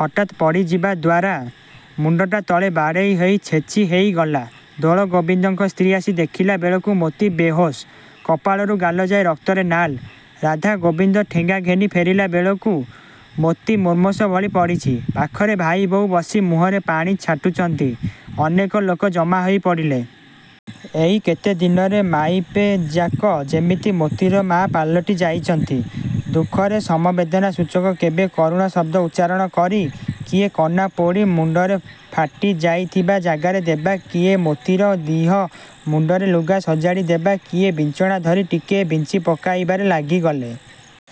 ହଠାତ୍ ପଡ଼ିଯିବାଦ୍ୱାରା ମୁଣ୍ଡଟା ତଳେ ବାଡ଼େଇ ହୋଇ ଛେଚି ହେଇଗଲା। ଦୋଳଗୋବିନ୍ଦଙ୍କ ସ୍ତ୍ରୀ ଆସି ଦେଖିଲାବେଳକୁ ମୋତି ବେହୋସ୍–କପାଳରୁ ଗାଲଯାଏ ରକ୍ତରେ ନାଲ। ରାଧାଗୋବିନ୍ଦ ଠେଙ୍ଗା ଘେନି ଫେରିବାବେଳକୁ ମୋତି ମୁମୂର୍ଷ ଭଳି ପଡ଼ିଛି। ପାଖରେ ଭାଇବୋହୂ ବସି ତା' ମୁହଁରେ ପାଣି ଛାଟୁଚନ୍ତି। ଅନେକ ଲୋକ ଜମା ହୋଇ ପଡ଼ିଲେ। ଏଇ କେତେ ଦିନରେ ମାଇପେଯାକ ଯେମିତି ମୋତିର ମା ପାଲଟି ଯାଇଚନ୍ତି। ଦୁଃଖରେ ସମବେଦନା ସୂଚକ କେବେ କରୁଣ ଶବ୍ଦ ଉଚ୍ଚାରଣ କରି, କିଏ କନା ପୋଡ଼ି, ମୁଣ୍ଡର ଫାଟିଯାଇଥିବା ଯାଗାରେ ଦେବା, କିଏ ମୋତିର ଦିହ ମୁଣ୍ଡରେ ଲୁଗା ସଜାଡ଼ି ଦେବା କିଏ ବିଞ୍ଚଣା ଧରି ଟିକେ ବିଞ୍ଚିପକାଇବାରେ ଲାଗିଗଲେ।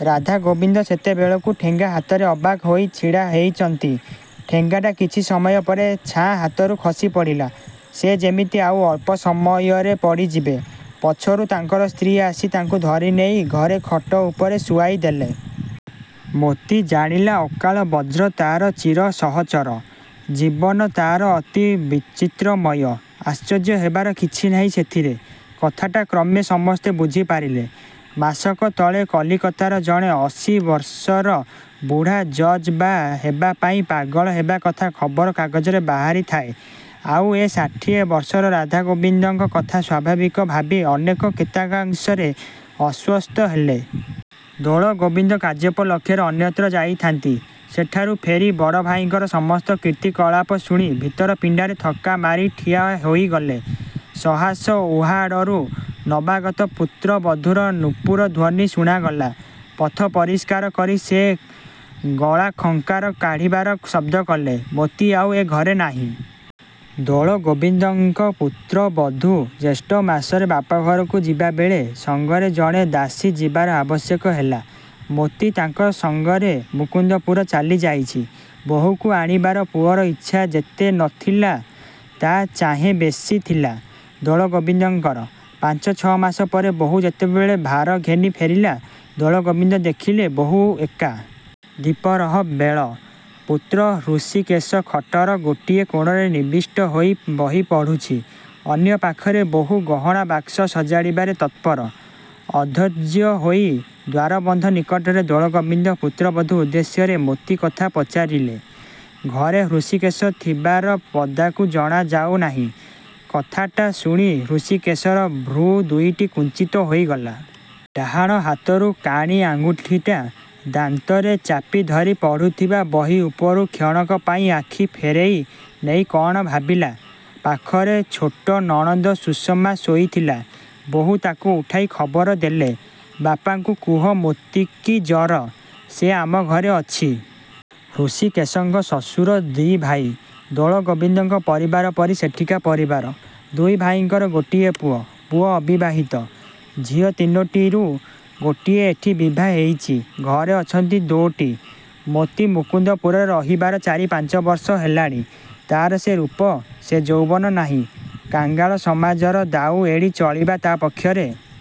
ରାଧାଗୋବିନ୍ଦ ସେତେବେଳକୁ ଠେଙ୍ଗା ହାତରେ ଅବାକ୍ ହୋଇ ଛିଡ଼ା ହେଇଚନ୍ତି। ଠେଙ୍ଗାଟା କିଛି ସମୟ ପରେ ଛାଁ ହାତରୁ ଖସି ପଡ଼ିଲା। ସେ ଯେମିତି ଆଉ ଅଳ୍ପ ସମୟରେ ପଡ଼ିଯିବେ। ପଛରୁ ତାଙ୍କର ସ୍ତ୍ରୀ ଆସି ତାଙ୍କୁ ଧରିନେଇ ଘରେ ଖଟ ଉପରେ ଶୁଆଇ ଦେଲେ। ମୋତି ଜାଣିଲା ଅକାଳ ବଜ୍ର ତାର ଚିର ସହଚର। ଜୀବନ ତାର ଅତି ବୈଚିତ୍ର୍ୟମୟ। ଆଶ୍ଚର୍ଯ୍ୟ ହେବାର କିଛି ନାହିଁ, ସେଥିରେ। କଥାଟା କ୍ରମେ ସମସ୍ତେ ବୁଝି ପାରିଲେ। ମାସକ ତଳେ କଲିକତାର ଜଣେ ଅଶୀ ବର୍ଷର ବୁଢ଼ା ଜଜ୍ ବା' ହେବା ପାଇଁ ପାଗଳ ହେବା କଥା ଖବର କାଗଜରେ ବାହାରି ଥାଏ', ଆଉ ଏ ଷାଠିଏ ବର୍ଷର ରାଧାଗୋବିନ୍ଦଙ୍କ କଥା ସ୍ଵାଭାବିକ ଭାବି ଅନେକ କେତେକାଂଶରେ ଅଶ୍ଵସ୍ତ ହେଲେ। ଦୋଳଗୋବିନ୍ଦ କାର୍ଯ୍ୟୋପଲକ୍ଷରେ ଅନ୍ୟତ୍ର ଯାଇଥାନ୍ତି। ସେଠାରୁ ଫେରି ବଡ଼ଭାଇଙ୍କର ସମସ୍ତ କୀର୍ତ୍ତିକଳାପ ଶୁଣି ଭିତର ପିଣ୍ଡାରେ ଥକା ମାରି ଠିଆ ହୋଇଗଲେ। ସହସା ଉହାଡ଼ରୁ ନବାଗତ ପୁତ୍ରବଧୂର ନୂପୁର ଧ୍ଵନି ଶୁଣାଗଲା। ପଥ ପରିଷ୍କାର କରି ସେ ଗଳାଖଙ୍କାର କାଢ଼ିବାର ଶବ୍ଦକଲେ। ମୋତି ଆଉ ଏ ଘରେ ନାହିଁ। ଦୋଳଗୋବିନ୍ଦଙ୍କ ପୁତ୍ରବଧୁ ଜ୍ୟେଷ୍ଠ ମାସରେ ବାପଘରକୁ ଯିବାବେଳେ, ସଙ୍ଗରେ ଜଣେ ଦାସୀ ଯିବାର ଆବଶ୍ୟକ ହେଲା। ମୋତି ତାଙ୍କ ସଙ୍ଗରେ ମୁକୁନ୍ଦପୁର ଚାଲି ଯାଇଛି। ବୋହୂକୁ ଆଣିବାର ପୁଅର ଇଚ୍ଛା ଯେତେ ନ ଥିଲା ତା ଚାହିଁ ବେଶି ଥିଲା ଦୋଳଗୋବିନ୍ଦଙ୍କର। ପାଞ୍ଚ ଛ ମାସ ପରେ ବୋହୂ ଯେତେବେଳେ ଭାର ଘେନି ଫେରିଲା, ଦୋଳଗୋବିନ୍ଦ ଦେଖିଲେ, ବୋହୂ ଏକା। ଦିପରହ ବେଳ। ପୁତ୍ର ହୃଷିକେଶ ଖଟର ଗୋଟିଏ କୋଣରେ ନିବିଷ୍ଟ ହୋଇ ବହି ପଢ଼ୁଛି। ଅନ୍ୟପାଖରେ ବୋହୂ ଗହଣା ବାକ୍ସ ସଜାଡ଼ିବାରେ ତତ୍ପର। ଅଧୈର୍ଯ୍ୟହୋଇ ଦ୍ଵାରବନ୍ଧ ନିକଟରେ ଦୋଳଗୋବିନ୍ଦ ପୁତ୍ରବଧୂ ଉଦ୍ଦେଶ୍ୟରେ ମୋତିକଥା ପଚାରିଲେ। ଘରେ ହୃଷୀକେଶ ଥିବାର ପଦାକୁ ଜଣା ଯାଉନାହିଁ। କଥାଟା ଶୁଣି ହୃଷିକେଶର ଭ୍ରୂ ଦୁଇଟି କୁଞ୍ଚିତ ହୋଇଗଲା। ଡାହାଣ ହାତର କାଣି ଆଙ୍ଗୁଠିଟା, ଦାନ୍ତରେ ଚାପି ଧରି ପଢ଼ୁଥିବା ବହି ଉପରୁ କ୍ଷଣକ ପାଇଁ ଆଖି ଫେରେଇ ନେଇ କଣ ଭାବିଲା। ପାଖରେ ଛୋଟ ନଣନ୍ଦ ସୁଷମା ଶୋଇଥିଲା। ବୋହୂ ତାକୁ ଉଠାଇ ଖବର ଦେଲେ, ବାପାଙ୍କୁ କୁହ ମୋତିକି ଜର, ସେ–ଆମ ଘରେ ଅଛି। ହୃଷିକେଶଙ୍କ ଶଶୁର ଦି ଭାଇ। ଦୋଳଗୋବିନ୍ଦଙ୍କ ପରିବାର ପରି ସେଠିକା ପରିବାର। ଦୁଇ ଭାଇଙ୍କର ଗୋଟିଏ ପୁଅ। ପୁଅ ଅବିବାହିତ। ଝୁଅ ତିନୋଟିରୁ ଗୋଟିଏ ଏଠି ବିଭା ହେଇଚି-। ଘରେ ଅଛନ୍ତି ଦୋ'ଟି। ମୋତି ମୁକୁନ୍ଦପୁରରେ ରହିବାର ଚାରି ପାଞ୍ଚବର୍ଷ ହେଲାଣି। ତାର ସେ ରୂପ, ସେ ଯୌବନ ନାହିଁ। କାଙ୍ଗାଳ ସମାଜର ଦାଉ ଏଡ଼ି ଚଳିବା ତା'ପକ୍ଷରେ